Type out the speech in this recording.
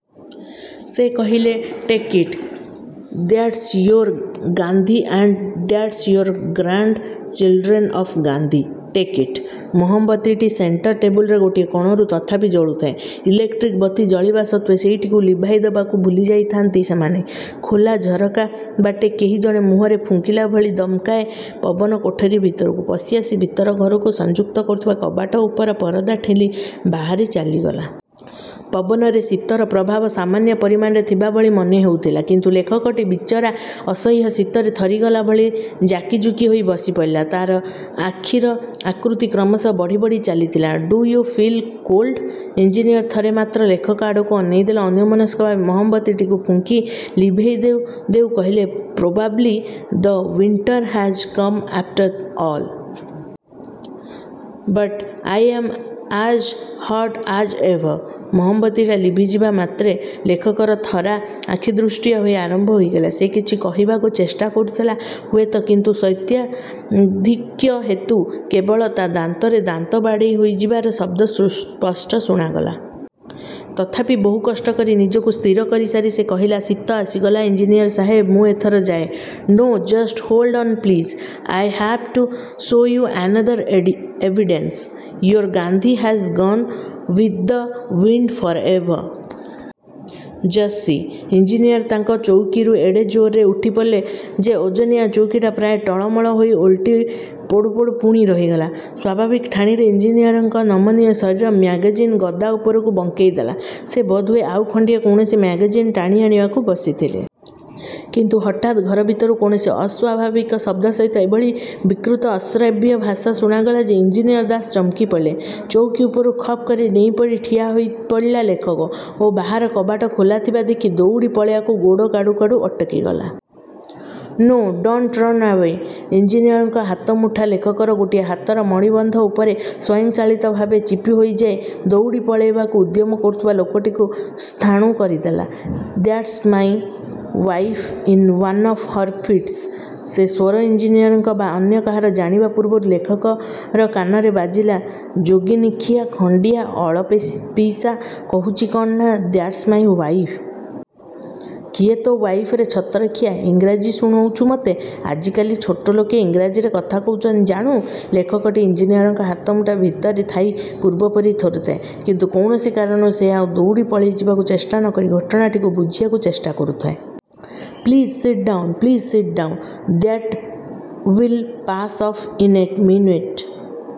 ସେ କହିଲେ, take it. That's your Gandhi and that's your grandchildren of Gandhi, take it. ମହମବତୀଟି centre ଟେବୁଲର ଗୋଟିଏ କଣରୁ ତଥାପି ଜଳୁଥାଏ। ଇଲେକ୍ଟ୍ରିକ ବତୀ ଜଳିବା ସତ୍ତ୍ୱେ ସେଇଟିକୁ ଲିଭାଇ ଦେବାକୁ ଭୁଲିଯାଇଥାନ୍ତି ସେମାନେ। ଖୋଲା ଝରକା ବାଟେ କେହି ଜଣେ ମୁହଁରେ ଫୁଙ୍କିଲା ଭଳି ଦମକାଏ ପବନ କୋଠରୀ ଭିତରକୁ ପଶିଆସି ଭିତର ଘରକୁ ସଂଯୁକ୍ତ କରୁଥିବା କବାଟ ଉପର ପରଦା ଠେଲି ବାହାରି ଚାଲିଗଲା। ପବନରେ ଶୀତର ପ୍ରଭାବ ସାମାନ୍ୟ ପରିମାଣରେ ଥିବା ଭଳି ମନେହେଉଥିଲା। କିନ୍ତୁ ଲେଖକଟି ବିଚରା ଅସହ୍ୟ ଶୀତରେ ଥରିଗଲା ଭଳି ଜାକିଜୁକି ହୋଇ ବସିପଡ଼ିଲା। ତାର ଆଖିର ଆକୃତି କ୍ରମଶଃ ବଢ଼ି ବଢ଼ି ଚାଲିଥିଲା। Do you feel cold? Engineer ଥରେ ମାତ୍ର ଲେଖକ ଆଡ଼କୁ ଅନେଇଦେଇ ଅନ୍ୟମନସ୍କ ଭାବେ ମହମବତୀଟିକୁ ଫୁଙ୍କି ଲିଭେଇ ଦେଉ ଦେଉ କହିଲେ, probably the winter has come after all. But I am as ହଟ ଆଜ ଏଭର। ମହମବତୀଟା ଲିଭିଯିବା ମାତ୍ରେ ଲେଖକର ଥରା ଆଖିଦୃଷ୍ଟିଆ ହୋଇ ଆରମ୍ଭ ହୋଇଗଲା। ସେ କିଛି କହିବାକୁ ଚେଷ୍ଟା କରୁଥିଲା ହୁଏତ, କିନ୍ତୁ ଶୈତ୍ୟାଧିକ୍ୟ ହେତୁ କେବଳ ତା' ଦାନ୍ତରେ ଦାନ୍ତ ବାଡ଼େଇ ହୋଇଯିବାର ଶବ୍ଦ ସ୍ପଷ୍ଟ ଶୁଣାଗଲା। ତଥାପି ବହୁ କଷ୍ଟ କରି ନିଜକୁ ସ୍ଥିର କରିସାରି ସେ କହିଲା, ଶୀତ ଆସିଗଲା ଇଞ୍ଜିନିୟର ସାହେବ, ମୁଁ ଏଥର ଯାଏ। No, just hold on please. I have to show you another evidence your Gandhi has gone with the wind for ever. Just see engineer ତାଙ୍କ ଚଉକିରୁ ଏଡ଼େ ଜୋରରେ ଉଠିପଡ଼ିଲେ ଯେ ଓଜନିଆ ଚଉକିଟା ପ୍ରାୟ ଟଳମଳ ହୋଇ ଓଲଟି ପଡ଼ୁପଡ଼ୁ ପୁଣି ରହିଗଲା। ସ୍ୱାଭାବିକ ଠାଣିରେ ଇଞ୍ଜିନିୟରଙ୍କ ନମନୀୟ ଶରୀର ମ୍ୟାଗାଜିନ ଗଦା ଉପରକୁ ବଙ୍କେଇଗଲା। ସେ ବୋଧହୁଏ ଆଉ ଖଣ୍ଡିଏ କୌଣସି ମ୍ୟାଗାଜିନ ଟାଣିଆଣିବାକୁ ବସିଥିଲେ। କିନ୍ତୁ ହଠାତ୍ ଘର ଭିତରୁ କୌଣସି ଅସ୍ୱାଭାବିକ ଶବ୍ଦ ସହିତ ଏଭଳି ବିକୃତ ଅଶ୍ରାବ୍ୟ ଭାଷା ଶୁଣାଗଲା ଯେ ଇଞ୍ଜିନିୟର ଦାସ ଚମକି ପଡ଼ିଲେ। ଚଉକି ଉପରୁ ଖପକରି ଡେଇଁପଡ଼ି ଠିଆ ହୋଇପଡ଼ିଲା ଲେଖକ ଓ ବାହାର କବାଟ ଖୋଲାଥିବା ଦେଖି ଦଉଡ଼ି ପଳେଇବାକୁ ଗୋଡ଼ କାଢ଼ୁ କାଢ଼ୁ ଅଟକିଗଲା। No, don't run away! ଇଞ୍ଜିନିୟରଙ୍କ ହାତମୁଠା ଲେଖକର ଗୋଟିଏ ହାତର ମଣିବନ୍ଧ ଉପରେ ସ୍ୱୟଂଚାଳିତ ଭାବେ ଚିପିହୋଇଯାଇ ଦଉଡ଼ି ପଳାଇବାକୁ ଉଦ୍ୟମ କରୁଥିବା ଲୋକଟିକୁ ସ୍ଥାଣୁ କରିଦେଲା। That's my wife in one of her fits ସେ ସ୍ୱର ଇଞ୍ଜିନିୟରଙ୍କର ବା ଅନ୍ୟ କାହାର ଜାଣିବା ପୂର୍ବରୁ ଲେଖକର କାନରେ ବାଜିଲା, ଯୋଗିନୀଖିଆ, ଖଣ୍ଡିଆ, ଅଳପେଇଷା, କହୁଛି କ'ଣ ନା ଦ୍ୟାଟ୍ସ ମାଇଁ ୱାଇଫ। କିଏ ତୋ ୱାଇଫ ରେ ଛତରଖିଆ ଇଂରାଜୀ ଶୁଣୋଉଛୁ ମତେ ଆଜିକାଲି ଛୋଟଲୋକେ ଇଂରେଜୀରେ କଥା କହୁଛନ୍ତି, ଜାଣୁ ଲେଖକଟି ଇଞ୍ଜିନିୟରଙ୍କ ହାତମୁଠା ଭିତରେ ଥାଇ ପୂର୍ବପରି ଥରୁଥାଏ। କିନ୍ତୁ କୌଣସି କାରଣରୁ ସେ ଆଉ ଦଉଡ଼ି ପଳେଇଯିବାକୁ ଚେଷ୍ଟା ନ କରି ଘଟଣାଟିକୁ ବୁଝିବାକୁ ଚେଷ୍ଟା କରୁଥାଏ। Please sit down, please sit down, that will pass off in a minute.